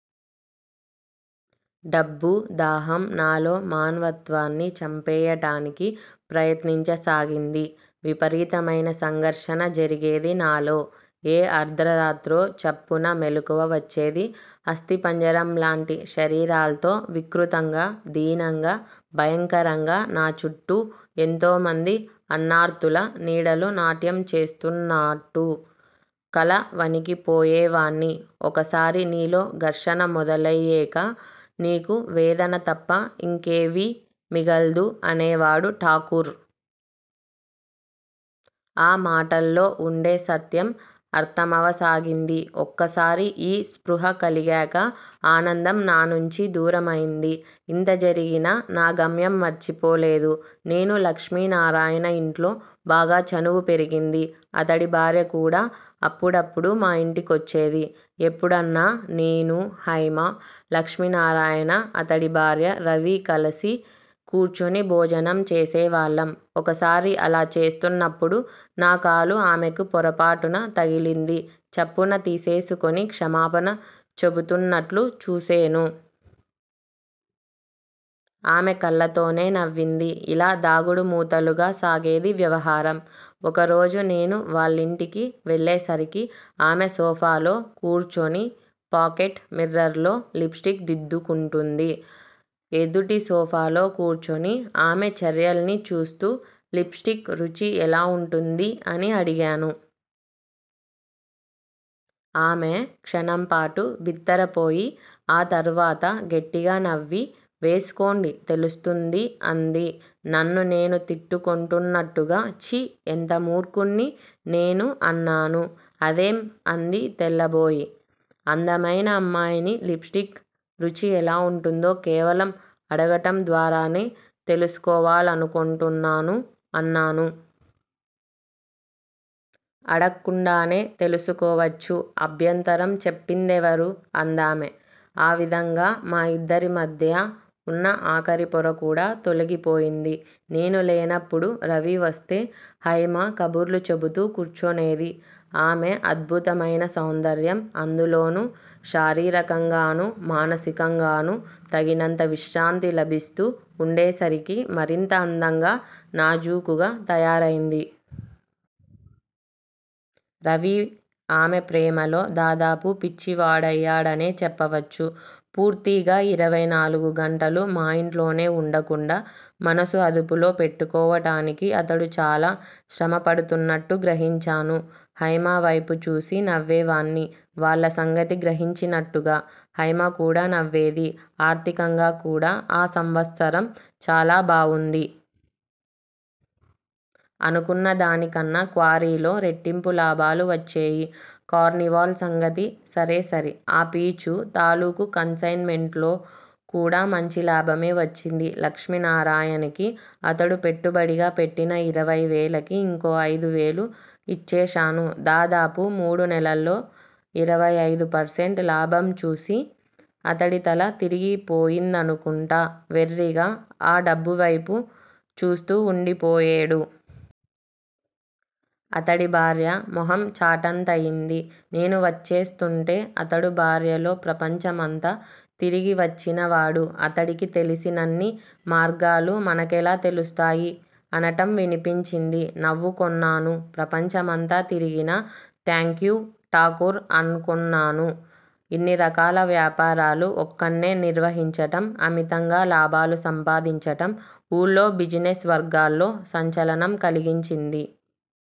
డబ్బు దాహం నాలో మానవత్వాన్ని చంపెయ్యటానికి ప్రయత్నించ సాగింది. విపరీతమైన సంఘర్షణ జరిగేది నాలో. ఏ అర్థరాత్రో చప్పున మెలకువ వచ్చేది అస్థిపంజరం లాంటి శరీరాల్తో వికృతంగా- దీనంగా -భయంకరంగా నాచుట్టూ ఎంతోమంది అన్నార్తుల నీడలు నాట్యం చేస్తున్నాట్టు కల. వణికిపోయేవాణ్ని. 'ఒకసారి నీలో ఘర్షణ మొదలయ్యేక నీకు వేదన తప్ప ఇంకేవీఁ మిగల్దు' అనేవాడు ఠాకూర్. ఆ మాటల్లో వుండే సత్యం అర్థమవసాగింది. ఒక్కసారి యీ స్పృహ కలిగాక ఆనందం నా నుంచి దూరమయింది. ఇంత జరిగినా నా గమ్యం మర్చిపోలేదు నేను. లక్ష్మీనారాయణ ఇంట్లో బాగా చనువు పెరిగింది. అతడి భార్య కూడా అప్పుడప్పుడు మా ఇంటికొచ్చేది. ఎప్పుడన్నా- నేను, హైమా, లక్ష్మీనారాయణ, అతడి భార్య, రవీ కలసి కూర్చొని భోజనం చేసేవాళ్ళం- ఒకసారి అలా చేస్తున్నప్పుడు నా కాలు ఆమెకి పొరపాటున తగిలింది చప్పున తీసేసుకొని క్షమాపణ చెపుతున్నట్లు చూసేను. ఆమె కళ్ళతోనే నవ్వింది. ఇలా దాగుడుమూతలుగా సాగేది వ్యవహారం. ఒకరోజు నేను వాళ్ళింటికి వెళ్ళేసరికి, ఆమె సోఫాలో కూర్చొని పాకెట్ మిర్రర్ లో లిప్ స్టిక్ దిద్దుకొంటోంది. ఎదుటి సోఫాలో కూర్చొని ఆమె చర్యల్ని చూస్తూ, లిప్ స్టిక్ రుచి ఎలా వుంటుంది? అని అడిగాను. ఆమె క్షణంపాటు బిత్తరపోయి, ఆ తరువాత గట్టిగా నవ్వి- వేసుకోండి తెలుస్తుంది అంది. నన్ను నేను తిట్టుకొంటున్నట్టుగా ఛీ- ఎంత మూర్ఖుణ్ని నేను అన్నాను. అదేం అంది తెల్లబోయి. అందమైన అమ్మాయిని లిప్ స్టిక్ రుచి ఎలా వుంటుందో కేవలం 'అడగటం' ద్వారానే తెలుసుకోవాలకొంటున్నాను అన్నాను. అడక్కుండానే తెలుసుకోవచ్చు. అభ్యంతరం చెప్పిందెవరు? అందామె. ఆ విధంగా మా ఇద్దరి మాధ్యా వున్న ఆఖరి పోరకూడా తొలగిపోయింది. నేను లేనప్పుడు రవి వస్తే హైమ కబుర్లు చెబుతూ కూర్చొనేది. ఆమెది అద్భుతమైనా సౌందర్యం- అందులోనూ శారీరకంగానూ, మానసికంగానూ తగినంత విశ్రాంతి లభిస్తూ వుండేసరికి మరింత అందంగా, నాజూకుగా తయారైంది. రవి ఆమె ప్రేమలో దాదాపు పిచ్చివాడయ్యాడనే చెప్పవచ్చు. పూర్తిగా ఇరవై నాలుగు గంటలూ మా ఇంట్లోనే వుండకుండా మనసు అదుపులో పెట్టుకోవటానికి అతడు చాలా శ్రమపడుతున్నట్టు గ్రహించాను. హైమ వేపు చూసి నవ్వేవాణ్ని, వాళ్ళ సంగతి గ్రహించినట్టుగా. హైమ కూడా నవ్వేది. ఆర్థికంగా కూడా ఆ సంవత్సరం చాలా బావుంది. అనుకున్నదానికన్నా క్వారీలో రెట్టింపు లాభాలు వచ్చేయి. కార్నివాల్ సంగతి సరేసరి. ఆ పీచు తాలూకు కన్ సైన్ మెంటులో కూడా మంచి లాభమే వచ్చింది. లక్ష్మీనారాయణకి అతడు పెట్టుబడిగా పెట్టిన ఇరవై వేలకి ఇంకో అయిదువేలు ఇచ్చేశాను. దాదాపు మూడు నెలల్లో ఇరవై అయిదు పర్సెంట్ లాభం చూసి, అతడి తల తిరిగిపోయిందనుకుంటా వెర్రిగా ఆ డబ్బువేపు చూస్తూ వుండిపోయేడు. అతడి భార్య మొహం చాటంతయింది. నేను వచ్చేస్తుంటే అతడు భార్యలో, ప్రపంచం అంతా తిరిగివచ్చినవాడు, అతడికి తెలిసినన్ని మార్గాలు మనకెలా తెలుస్తాయి? అనటం వినిపించింది. నవ్వుకొన్నాను. ప్రపంచం అంతా తిరిగినా? థాంక్యూ ఠాకూర్ అనుకొన్నాను. ఇన్ని రకాల వ్యాపారాలు ఒక్కణ్నే నిర్వహించటం, అమితంగా లాభాలు సంపాదించటం, ఊళ్ళో బిజినెస్ వర్గాల్లో సంచలనం కలిగించింది.